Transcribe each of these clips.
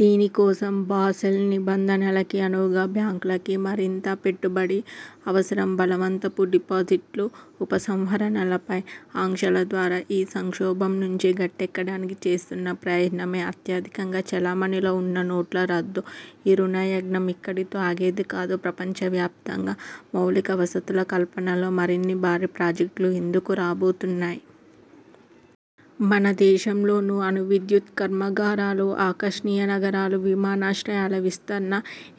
దీనికోసం, బాసెల్ నిబంధనలకి అనువుగా బ్యాంకులకి మరింత పెట్టుబడి అవసరం. బలవంతపు డిపాజిట్లు, ఉపసంహరణలపై ఆంక్షల ద్వారా ఈ సంక్షోభం నుంచి గట్టెక్కడానికి చేస్తున్న ప్రయత్నమే అత్యధికంగా చలామణిలో వున్న నోట్ల రద్దు. ఈ రుణయజ్ఞం ఇక్కడితో ఆగేది కాదు. ప్రపంచ వ్యాప్తంగా మౌలిక వసతుల కల్పనలో మరిన్ని భారీ ప్రాజెక్టులు ముందుకు రాబోతున్నాయి. మన దేశంలోనూ అణువిద్యుత్ కర్మాగారాలు, ఆకర్షణీయ నగరాలు, విమానాశ్రయాల విస్తరణ,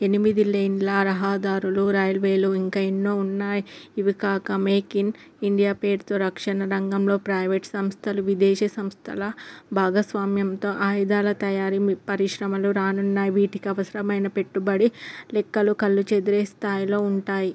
ఎనిమిది లేన్ల రహదారులు, రైల్వేలు ఇంకా ఎన్నో వున్నాయి. ఇవికాక 'మేక్ ఇన్ ఇండియా' పేరుతో రక్షణ రంగంలో ప్రైవేటు సంస్థలు, విదేశీ సంస్థల భాగస్వామ్యంతో ఆయుధాల తయారీ పరిశ్రమలు రానున్నాయి. వీటికి అవసరమైన పెట్టుబడి లెక్కలు కళ్ళు చెదిరే స్థాయిలో వుంటాయి.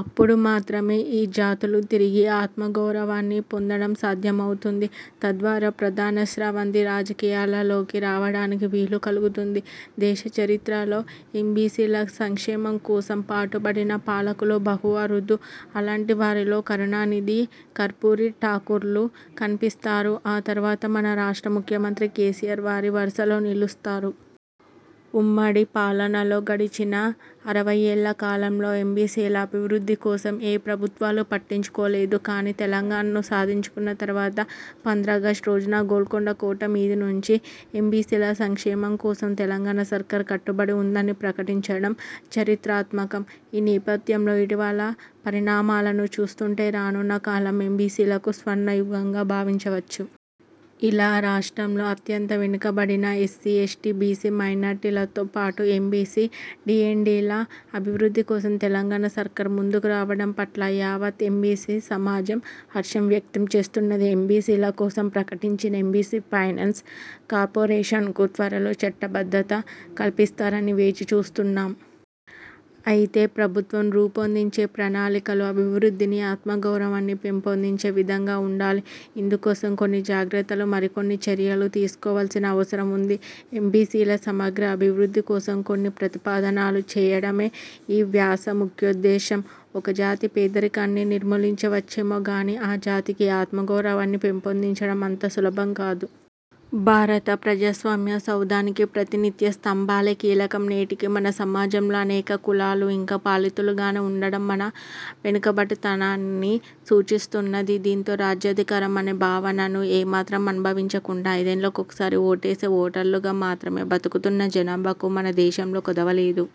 అప్పుడు మాత్రమే ఈ జాతులు తిరిగి ఆత్మగౌరవాన్ని పొందడం సాధ్యమవుతుంది. తద్వారా ప్రధాన స్రవంతి రాజకీయాలలోకి రావడానికి వీలు కలుగుతుంది. దేశ చరిత్రలో ఎంబీసీల సంక్షేమం కోసం పాటుపడిన పాలకులు బహు అరుదు. అలాంటి వారిలో కరుణానిధి, కర్పూరీ ఠాకూర్లు కనిపిస్తారు. ఆ తరువాత మన రాష్ట్ర ముఖ్యమంత్రి కేసీఆర్ వారి వరుసలో నిలుస్తారు. ఉమ్మడి పాలనలో, గడిచిన అరవయ్యేళ్ల కాలంలో ఎంబీసీల అభివృద్ధి కోసం ఏ ప్రభుత్వాలు పట్టించుకోలేదు. కానీ, తెలంగాణను సాధించుకున్న తర్వాత పంద్రాగష్టు రోజున గోల్కొండ కోట మీది నుంచి ఎంబీసీల సంక్షేమం కోసం తెలంగాణ సర్కార్ కట్టుబడి ఉందని ప్రకటించడం చరిత్రాత్మకం. ఈ నేపథ్యంలో ఇటీవల పరిణామాలను చూస్తుంటే రానున్న కాలం ఎంబీసీలకు స్వర్ణయుగంగా భావించవచ్చు. ఇలా రాష్ట్రంలో అత్యంత వెనుకబడిన ఎస్సీ, ఎస్టీ, బీసీ, మైనారిటీలతో పాటు ఎంబీసీ, డీఎన్టీల అభివృద్ధి కోసం తెలంగాణ సర్కార్ ముందుకు రావడం పట్ల యావత్ ఎంబీసీ సమాజం హర్షం వ్యక్తం చేస్తున్నది. ఎంబీసీల కోసం ప్రకటించిన ఎంబీసీ ఫైనాన్స్ కార్పొరేషన్కు త్వరలో చట్టబద్ధత కల్పిస్తారని వేచి చూస్తున్నాము. అయితే ప్రభుత్వం రూపొందించే ప్రణాళికలు అభివృద్ధిని, ఆత్మగౌరవాన్ని పెంపొందించే విధంగా ఉండాలి. ఇందుకోసం కొన్ని జాగ్రత్తలు, మరికొన్ని చర్యలు తీసుకోవాల్సిన అవసరం ఉంది. ఎంబీసీల సమగ్ర అభివృద్ధి కోసం కొన్ని ప్రతిపాదనలు చేయడమే ఈ వ్యాస ముఖ్యోద్దేశం. ఒక జాతి పేదరికాన్ని నిర్మూలించవచ్చేమోగానీ, ఆ జాతికి ఆత్మగౌరవాన్ని పెంపొందించడం అంత సులభం కాదు. భారత ప్రజాస్వామ్య సౌధానికి ప్రాతినిధ్య స్తంభాలే కీలకం. నేటికీ మన సమాజంలో అనేక కులాలు ఇంకా పాలితులుగానే ఉండడం మన వెనుకబాటుతనాన్ని సూచిస్తున్నది. దీంతో రాజ్యాధికారం అనే భావనను ఏ మాత్రం అనుభవించకుండా ఐదేండ్లకోసారి ఓటేసే ఓటర్లుగా మాత్రమే బతుకుతున్న జనాభాకు మన దేశంలో కొదువలేదు.